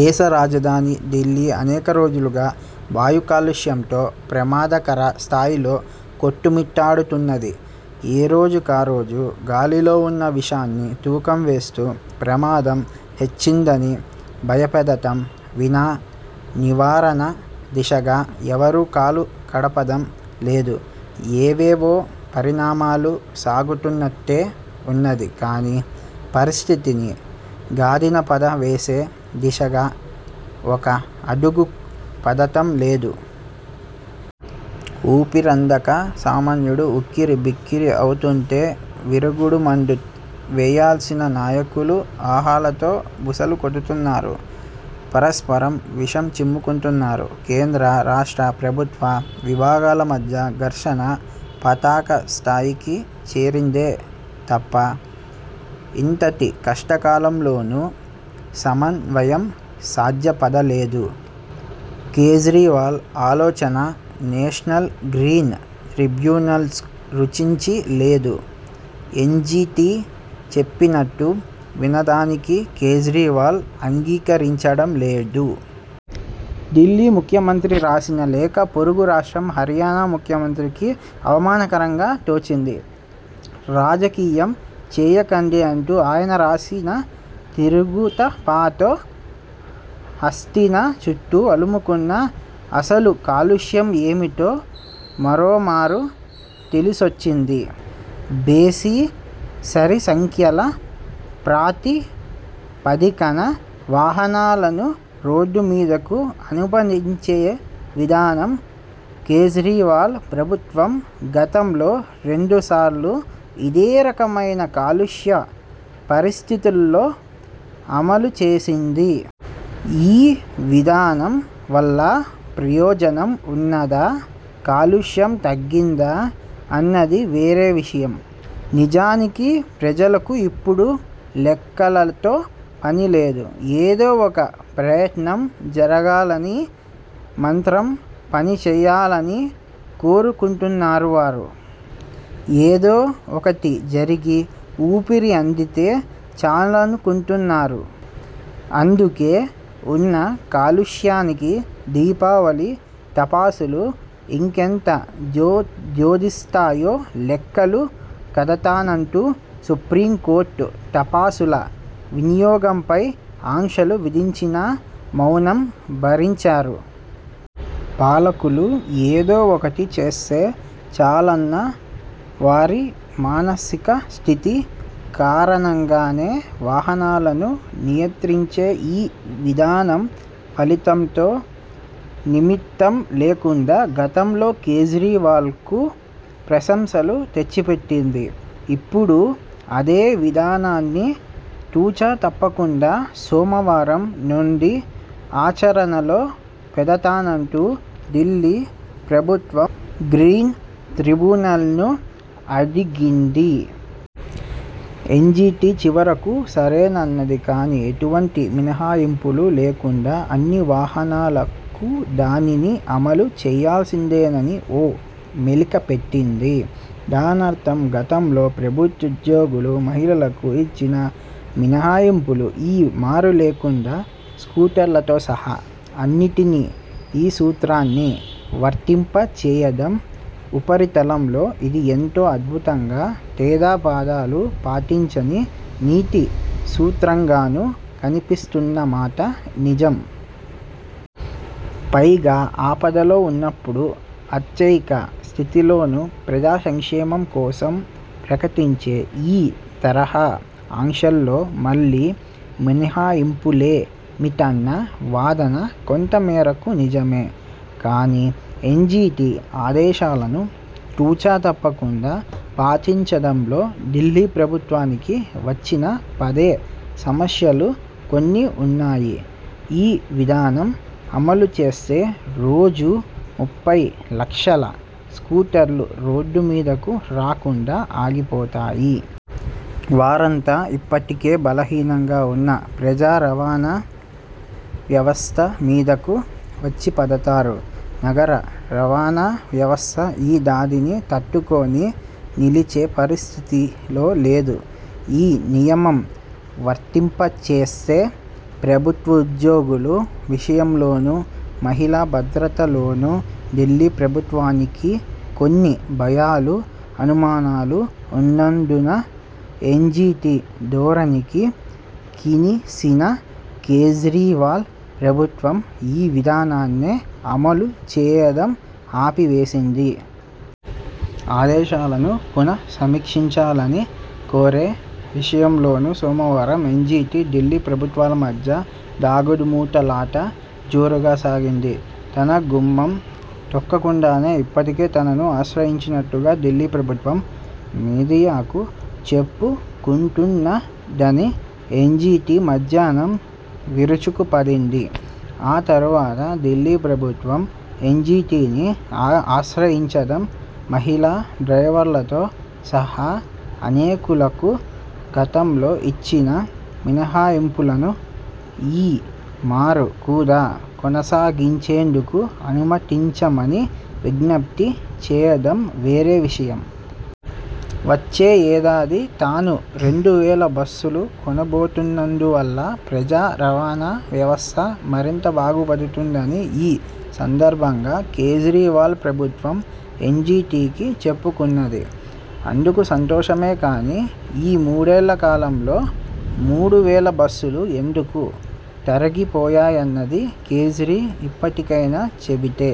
దేశ రాజధాని ఢిల్లీ అనేక రోజులుగా వాయు కాలుష్యంతో ప్రమాదకర స్థాయిలో కొట్టుమిట్టాడుతున్నది. ఏరోజుకారోజు గాలిలో ఉన్న విషాన్ని తూకం వేస్తూ, ప్రమాదం హెచ్చిందని భయపెట్టడం వినా నివారణ దిశగా ఎవరూ కాలు కదపడం లేదు. ఏవేవో పరిణామాలు సాగుతున్నట్టే ఉన్నది కానీ, పరిస్థితిని గాడినపడవేసే దిశగా ఒక్క అడుగూ పడటం లేదు. ఊపిరందక సామాన్యుడు ఉక్కిరిబిక్కిరవుతుంటే, విరుగుడు మందు వేయాల్సిన నాయకులు అహాలతో బుసలుకొడుతున్నారు. పరస్పరం విషం చిమ్ముకుంటున్నారు. కేంద్ర, రాష్ట్ర ప్రభుత్వ విభాగాల మధ్య ఘర్షణ పతాకస్థాయికి చేరిందే తప్ప, ఇంతటి కష్టకాలంలోనూ సమన్వయం సాధ్యపడలేదు. కేజ్రీవాల్ ఆలోచన నేషనల్ గ్రీన్ ట్రిబ్యునల్కు రుచించ లేదు. ఎన్జీటీ చెప్పినట్టు వినడానికి కేజ్రీవాల్ అంగీకరించడం లేదు. ఢిల్లీ ముఖ్యమంత్రి రాసిన లేఖ పొరుగు రాష్ట్రం హర్యానా ముఖ్యమంత్రికి అవమానకరంగా తోచింది. రాజకీయం చేయకండి అంటూ ఆయన రాసిన తిరుగుటపాతో హస్తిన చుట్టూ అలుముకున్న అసలు కాలుష్యం ఏమిటో మరోమారు తెలిసొచ్చింది. బేసి, సరిసంఖ్యల ప్రాతిపదికన వాహనాలను రోడ్డుమీదకు అనుమతించే విధానం కేజ్రీవాల్ ప్రభుత్వం గతంలో రెండుసార్లు ఇదేరకమైన కాలుష్య పరిస్థితుల్లో అమలుచేసింది. ఈ విధానం వల్ల ప్రయోజనం ఉన్నదా, కాలుష్యం తగ్గిందా అన్నది వేరే విషయం. నిజానికి ప్రజలకు ఇప్పుడు లెక్కలతో పనిలేదు. ఏదోఒక ప్రయత్నం జరగాలనీ, మంత్రం పనిచేయాలనీ కోరుకుంటున్నారు వారు. ఏదో ఒకటి జరిగి ఊపిరి అందితే చాలనుకుంటున్నారు. అందుకే, ఉన్న కాలుష్యానికి దీపావళి టపాసులు ఇంకెంత జోడిస్తాయో లెక్కలు కడతానంటూ సుప్రీంకోర్టు టపాసుల వినియోగంపై ఆంక్షలు విధించినా మౌనంగా భరించారు. పాలకులు ఏదో ఒకటి చేస్తే చాలన్న వారి మానసికస్థితి కారణంగానే, వాహనాలను నియంత్రించే ఈ విధానం ఫలితంతో నిమిత్తం లేకుండా గతంలో కేజ్రీవాల్కు ప్రశంసలు తెచ్చిపెట్టింది. ఇప్పుడూ అదే విధానాన్ని తూచ తప్పకుండా సోమవారం నుంచి ఆచరణలో పెడతానంటూ ఢిల్లీ ప్రభుత్వం గ్రీన్ ట్రిబ్యునల్ను అడిగింది. ఎన్జీటీ చివరకు సరేనన్నది కానీ, ఎటువంటి మినహాయింపులూ లేకుండా అన్నివాహనాలకు దానిని అమలు చేయాల్సిందేనని ఓ మెలికపెట్టింది. దానర్థం గతంలో ప్రభుత్వోద్యోగులు, మహిళలకు ఇచ్చిన మినహాయింపులు ఈ మారు లేకుండా, స్కూటర్లతో సహా అన్నింటికీ ఈ సూత్రాన్ని వర్తింపచేయడం. ఉపరితలంలో ఇది ఎంతో అద్భుతంగా, తేడాపాడాలు పాటించని నీతిసూత్రంగానూ కనిపిస్తున్నమాట నిజం. పైగా ఆపదలో ఉన్నప్పుడూ, అత్యయిక స్థితిలోనూ ప్రజాసంక్షేమం కోసం ప్రకటించే ఈ తరహా ఆంక్షల్లో మళ్ళీ మినహాయింపులేమిటన్న వాదన కొంతమేరకు నిజమే. కానీ, ఎన్జీటీ ఆదేశాలను తూచ తప్పకుండా పాటించడంలో ఢిల్లీ ప్రభుత్వానికి వచ్చిపడే సమస్యలు కొన్ని ఉన్నాయి. ఈ విధానం అమలుచేస్తే, రోజూ ముప్పైలక్షల స్కూటర్లు రోడ్డుమీదకు రాకుండా ఆగిపోతాయి. వారంతా ఇప్పటికే బలహీనంగా ఉన్న ప్రజారవాణా వ్యవస్థమీదకు వచ్చిపడతారు. నగర రవాణావ్యవస్థ ఈ దాడిని తట్టుకొని నిలిచే పరిస్థితిలో లేదు. ఈ నియమం వర్తింపచేస్తే ప్రభుత్వోద్యోగుల విషయంలోనూ, మహిళాభద్రతలోనూ ఢిల్లీ ప్రభుత్వానికి కొన్ని భయాలూ అనుమానాలూ ఉన్నందున ఎన్జీటీ ధోరణికి కినిసిన కేజ్రీవాల్ ప్రభుత్వం ఈ విధానాన్నే అమలుచేయడం ఆపివేసింది. ఆదేశాలను పునఃసమీక్షించాలని కోరే విషయంలోనూ సోమవారం ఎన్జీటీ, ఢిల్లీ ప్రభుత్వాల మధ్య దాగుడుమూతలాట జోరుగా సాగింది. తన గుమ్మం తొక్కకుండానే ఇప్పటికే తనను ఆశ్రయించినట్టుగా ఢిల్లీ ప్రభుత్వం మీడియాకు చెప్పుకుంటున్నదని ఎన్జీటీ మధ్యాహ్నం విరుచుకుపడింది. ఆ తరువాత ఢిల్లీ ప్రభుత్వం ఎన్జీటీని ఆశ్రయించడం, మహిళా డ్రైవర్లతో సహా అనేకులకు గతంలో ఇచ్చిన మినహాయింపులను ఈ మారు కూడా కొనసాగించేందుకు అనుమతించమని విజ్ఞప్తిచేయడం వేరే విషయం. వచ్చే ఏడాది తాను రెండువేల బస్సులు కొనబోతున్నందువల్ల ప్రజారవాణావ్యవస్థ మరింత బాగుపడుతుందని ఈ సందర్భంగా కేజ్రీవాల్ ప్రభుత్వం ఎన్జీటీకి చెప్పుకున్నది. అందుకు సంతోషమే కానీ, ఈ మూడేళ్ళకాలంలో మూడువేల బస్సులు ఎందుకు తరిగిపోయాయన్నది కేజ్రీ ఇప్పటికైనా చెబితే